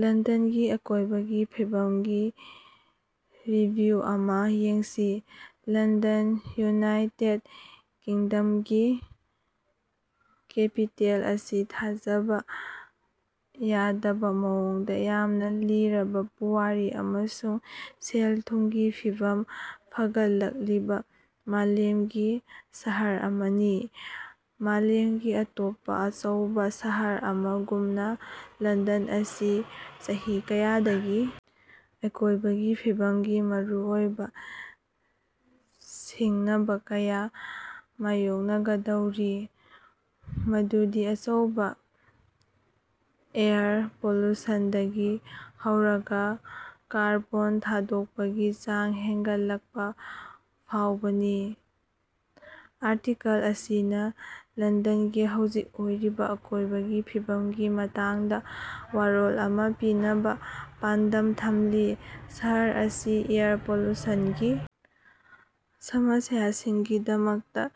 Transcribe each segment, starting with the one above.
ꯂꯟꯗꯟꯒꯤ ꯑꯀꯣꯏꯕꯒꯤ ꯐꯤꯕꯝꯒꯤ ꯔꯤꯚꯤꯌꯨ ꯑꯃꯥ ꯌꯦꯡꯁꯤ꯫ ꯂꯟꯗꯟ ꯌꯨꯅꯥꯏꯇꯦꯗ ꯀꯤꯡꯗꯝꯒꯤ ꯀꯦꯄꯤꯇꯦꯜ ꯑꯁꯤ ꯊꯥꯖꯕꯥ ꯌꯥꯗꯕꯥ ꯃꯑꯣꯡꯗꯥ ꯌꯥꯝꯅꯥ ꯂꯤꯔꯕꯥ ꯄꯨꯋꯥꯔꯤ ꯑꯃꯁꯨꯡ ꯁꯦꯜ-ꯊꯨꯝꯒꯤ ꯐꯤꯚꯝ ꯐꯒꯠꯂꯛꯂꯤꯕꯥ ꯃꯥꯂꯦꯝꯒꯤ ꯁꯍꯔ ꯑꯃꯅꯤ꯫ ꯃꯥꯂꯦꯝꯒꯤ ꯑꯇꯣꯞꯄꯥ ꯑꯆꯧꯕꯥ ꯁꯍꯔ ꯑꯃꯒꯨꯝꯅꯥ, ꯂꯟꯗꯟ ꯑꯁꯤ ꯆꯍꯤ ꯀꯌꯥꯗꯒꯤ ꯑꯀꯣꯏꯕꯒꯤ ꯐꯤꯕꯝꯒꯤ ꯃꯔꯨꯑꯣꯏꯕꯥ ꯁꯤꯡꯅꯕꯥ ꯀꯌꯥ ꯃꯥꯌꯣꯛꯅꯒꯗꯧꯔꯤ, ꯃꯗꯨꯗꯤ ꯑꯆꯧꯕꯥ ꯑꯦꯌꯔ ꯄꯣꯂꯨꯁꯟꯗꯒꯤ ꯍꯧꯔꯒꯥ ꯀꯥꯔꯕꯣꯟ ꯊꯥꯗꯣꯛꯄꯒꯤ ꯆꯥꯡ ꯍꯦꯅꯒꯠꯂꯛꯄ ꯐꯥꯎꯕꯥꯅꯤ꯫ ꯑꯥꯔꯇꯤꯀꯜ ꯑꯁꯤꯅꯥ ꯂꯟꯗꯟꯒꯤ ꯍꯧꯖꯤꯛ ꯑꯣꯏꯔꯤꯕꯥ ꯑꯀꯣꯏꯕꯒꯤ ꯐꯤꯕꯝꯒꯤ ꯃꯇꯥꯡꯗꯥ ꯋꯥꯔꯣꯜ ꯑꯃꯥ ꯄꯤꯅꯕꯥ ꯄꯥꯟꯗꯝ ꯊꯝꯂꯤ꯫ ꯁꯍꯔ ꯑꯁꯤ ꯑꯦꯌꯔ ꯄꯣꯂꯨꯁꯟꯒꯤ ꯁꯃꯁ꯭ꯌꯥꯁꯤꯡꯒꯤꯗꯃꯛꯇꯥ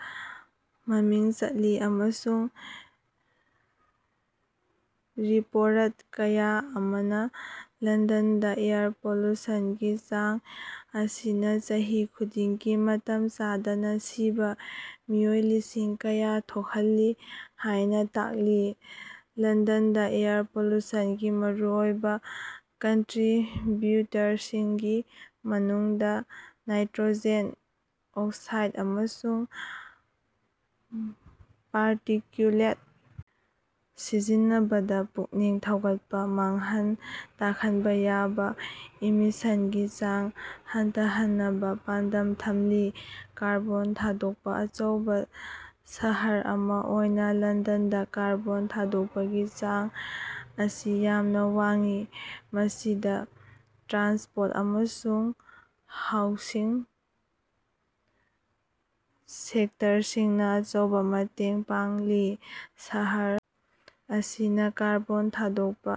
ꯃꯃꯤꯡ ꯆꯠꯂꯤ ꯑꯃꯁꯨꯡ ꯔꯤꯄꯣꯔꯠ ꯀꯌꯥ ꯑꯃꯅꯥ ꯂꯟꯗꯟꯗꯥ ꯑꯦꯌꯔ ꯄꯣꯂꯨꯁꯟꯒꯤ ꯆꯥꯡ ꯑꯁꯤꯅꯥ ꯆꯍꯤ ꯈꯨꯗꯤꯡꯒꯤ ꯃꯇꯝ ꯆꯥꯗꯅꯥ ꯁꯤꯕꯥ ꯃꯤꯑꯣꯏ ꯂꯤꯁꯤꯡ ꯀꯌꯥ ꯊꯣꯛꯍꯜꯂꯤ ꯍꯥꯏꯅꯥ ꯇꯥꯛꯂꯤ꯫ ꯂꯟꯗꯟꯗꯥ ꯑꯦꯌꯔ ꯄꯣꯂꯨꯁꯟꯒꯤ ꯃꯔꯨꯑꯣꯏꯕꯥ ꯀꯟꯇ꯭ꯔꯤꯕ꯭ꯌꯨꯇꯔꯁꯤꯡꯒꯤ ꯃꯅꯨꯡꯗꯥ ꯅꯥꯏꯇ꯭ꯔꯣꯖꯦꯟ ꯑꯣꯛꯁꯥꯏꯗ ꯑꯃꯁꯨꯡ ꯄꯥꯔꯇꯤꯀ꯭ꯌꯨꯂꯦꯠ ꯁꯤꯖꯤꯟꯅꯕꯗꯥ ꯄꯨꯛꯅꯤꯡ ꯊꯧꯒꯠꯄꯥ, ꯃꯥꯡꯍꯟ ꯇꯥꯛꯍꯟꯕꯥ ꯌꯥꯕꯥ ꯏꯃꯤꯁꯟꯒꯤ ꯆꯥꯡ ꯍꯟꯊꯍꯟꯅꯕꯥ ꯄꯥꯟꯗꯝ ꯊꯝꯂꯤ꯫ ꯀꯥꯔꯕꯣꯟ ꯊꯥꯗꯣꯛꯄꯥ ꯑꯆꯧꯕꯥ ꯁꯍꯔ ꯑꯃꯥ ꯑꯣꯏꯅꯥ ꯂꯟꯗꯟꯗꯥ ꯀꯥꯔꯕꯣꯟ ꯊꯥꯗꯣꯛꯄꯒꯤ ꯆꯥꯡ ꯑꯁꯤ ꯌꯥꯝꯅꯥ ꯋꯥꯡꯏ, ꯃꯁꯤꯗꯥ ꯇ꯭ꯔꯥꯟꯁꯄꯣꯔꯠ ꯑꯃꯁꯨꯡ ꯍꯥꯎꯁꯤꯡ ꯁꯦꯛꯇꯔꯁꯤꯡꯅꯥ ꯑꯆꯧꯕꯥ ꯃꯇꯦꯡ ꯄꯥꯡꯂꯤ꯫ ꯁꯍꯔ ꯑꯁꯤꯅꯥ ꯀꯥꯔꯕꯣꯟ ꯊꯥꯗꯣꯛꯄꯥ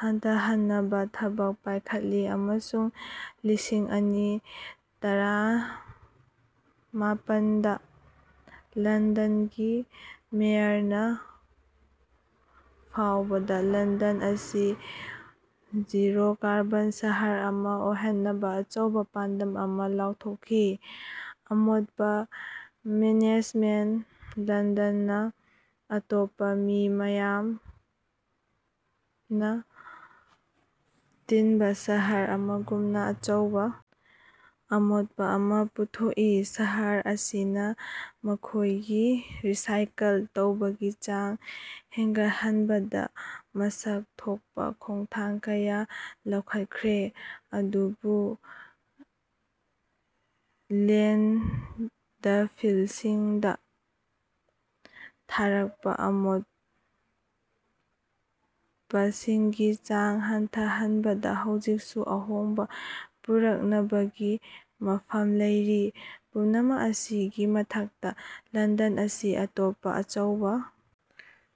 ꯍꯟꯊꯍꯟꯅꯕꯥ ꯊꯕꯛ ꯄꯥꯏꯈꯠꯂꯤ ꯑꯃꯁꯨꯡ ꯂꯤꯁꯤꯡ ꯑꯅꯤ ꯇꯔꯃꯥꯄꯟꯗꯥ ꯂꯟꯗꯟꯒꯤ ꯃꯦꯌꯔꯅꯥ ꯐꯥꯎꯕꯗꯥ ꯂꯟꯗꯟ ꯑꯁꯤ ꯖꯤꯔꯣ-ꯀꯥꯔꯕꯣꯟ ꯁꯍꯔ ꯑꯃꯥ ꯑꯣꯏꯍꯟꯅꯕꯥ ꯑꯆꯧꯕꯥ ꯄꯥꯟꯗꯝ ꯑꯃꯥ ꯂꯥꯎꯊꯣꯛꯈꯤ, ꯑꯃꯣꯠꯄꯥ ꯃꯦꯅꯦꯖꯃꯦꯟꯇ ꯂꯟꯗꯅꯅꯥ ꯑꯇꯣꯞꯄꯥ ꯃꯤ ꯌꯥꯝꯅꯥ ꯇꯤꯟꯕꯥ ꯁꯍꯔ ꯑꯃꯒꯨꯝꯅꯥ ꯑꯆꯧꯕꯥ ꯑꯃꯣꯠꯄꯥ ꯑꯃꯥ ꯄꯨꯊꯣꯛꯏ꯫ ꯁꯍꯔ ꯑꯁꯤꯅꯥ ꯃꯈꯣꯏꯒꯤ ꯔꯤꯁꯥꯏꯀꯜ ꯇꯧꯕꯒꯤ ꯆꯥꯡ ꯍꯦꯟꯒꯠꯍꯟꯕꯗꯥ ꯃꯁꯛ ꯊꯣꯛꯄꯥ ꯈꯣꯡꯊꯥꯡ ꯀꯌꯥ ꯂꯧꯈꯠꯈ꯭ꯔꯦ, ꯑꯗꯨꯕꯨ ꯂꯦꯟꯗꯐꯤꯜꯁꯤꯡꯗꯥ ꯊꯥꯔꯛꯄꯥ ꯑꯃꯣꯠꯄꯁꯤꯡꯒꯤ ꯆꯥꯡ ꯍꯟꯊꯍꯟꯕꯗꯥ ꯍꯧꯖꯤꯛꯁꯨ ꯑꯍꯣꯡꯕꯥ ꯄꯨꯔꯛꯅꯕꯒꯤ ꯃꯐꯝ ꯂꯩꯔꯤ꯫ ꯄꯨꯝꯅꯃꯛ ꯑꯁꯤꯒꯤ ꯃꯊꯛꯇꯥ, ꯂꯟꯗꯟ ꯑꯁꯤ ꯑꯇꯣꯞꯄꯥ ꯑꯆꯧꯕꯥ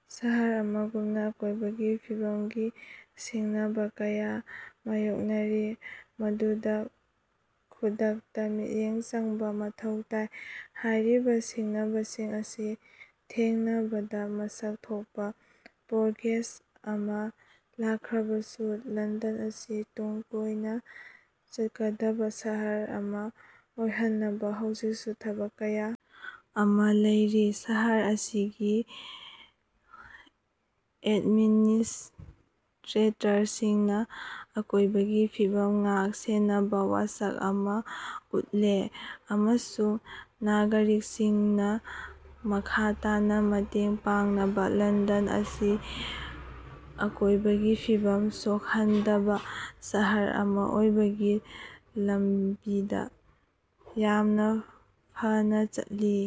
ꯁꯍꯔ ꯑꯃꯒꯨꯝꯅꯥ ꯑꯀꯣꯏꯕꯒꯤ ꯐꯤꯕꯝꯒꯤ ꯁꯤꯡꯅꯕꯥ ꯀꯌꯥ ꯃꯥꯌꯣꯛꯅꯔꯤ, ꯃꯗꯨꯗꯥ ꯈꯨꯗꯛꯇꯥ ꯃꯤꯠꯌꯦꯡ ꯆꯪꯕꯥ ꯃꯊꯧ ꯇꯥꯏ꯫ ꯍꯥꯏꯔꯤꯕꯥ ꯁꯤꯡꯅꯕꯁꯤꯡ ꯑꯁꯤ ꯊꯦꯡꯅꯕꯗꯥ ꯃꯁꯛ ꯊꯣꯛꯄꯥ ꯄ꯭ꯔꯣꯒ꯭ꯔꯦꯁ ꯑꯃꯥ ꯂꯥꯛꯈ꯭ꯔꯕꯁꯨ, ꯂꯟꯗꯟ ꯑꯁꯤ ꯇꯨꯡ ꯀꯣꯏꯅꯥ ꯆꯠꯀꯗꯕꯥ ꯁꯍꯔ ꯑꯃꯥ ꯑꯣꯏꯍꯟꯅꯕꯥ ꯍꯧꯖꯤꯛꯁꯨ ꯊꯕꯛ ꯀꯌꯥ ꯑꯃꯥ ꯂꯩꯔꯤ꯫ ꯁꯍꯔ ꯑꯁꯤꯒꯤ ꯑꯦꯗꯃꯤꯅꯤꯁꯇ꯭ꯔꯦꯇꯔꯁꯤꯡꯅꯥ ꯑꯀꯣꯏꯕꯒꯤ ꯐꯤꯕꯝ ꯉꯥꯛ-ꯁꯦꯟꯅꯕꯥ ꯋꯥꯁꯛ ꯑꯃꯥ ꯎꯠꯂꯦ ꯑꯃꯁꯨꯡ ꯅꯥꯒꯔꯤꯛꯁꯤꯡꯅꯥ ꯃꯈꯥ ꯇꯥꯅꯥ ꯃꯇꯦꯡ ꯄꯥꯡꯕꯅꯥ ꯂꯟꯗꯟ ꯑꯁꯤ ꯑꯀꯣꯏꯕꯒꯤ ꯐꯤꯕꯝ ꯁꯣꯛꯍꯟꯗꯕꯥ ꯁꯍꯔ ꯑꯃꯥ ꯑꯣꯏꯕꯒꯤ ꯂꯝꯕꯤꯗꯥ ꯌꯥꯝꯅꯥ ꯐꯅꯥ ꯆꯠꯂꯤ꯫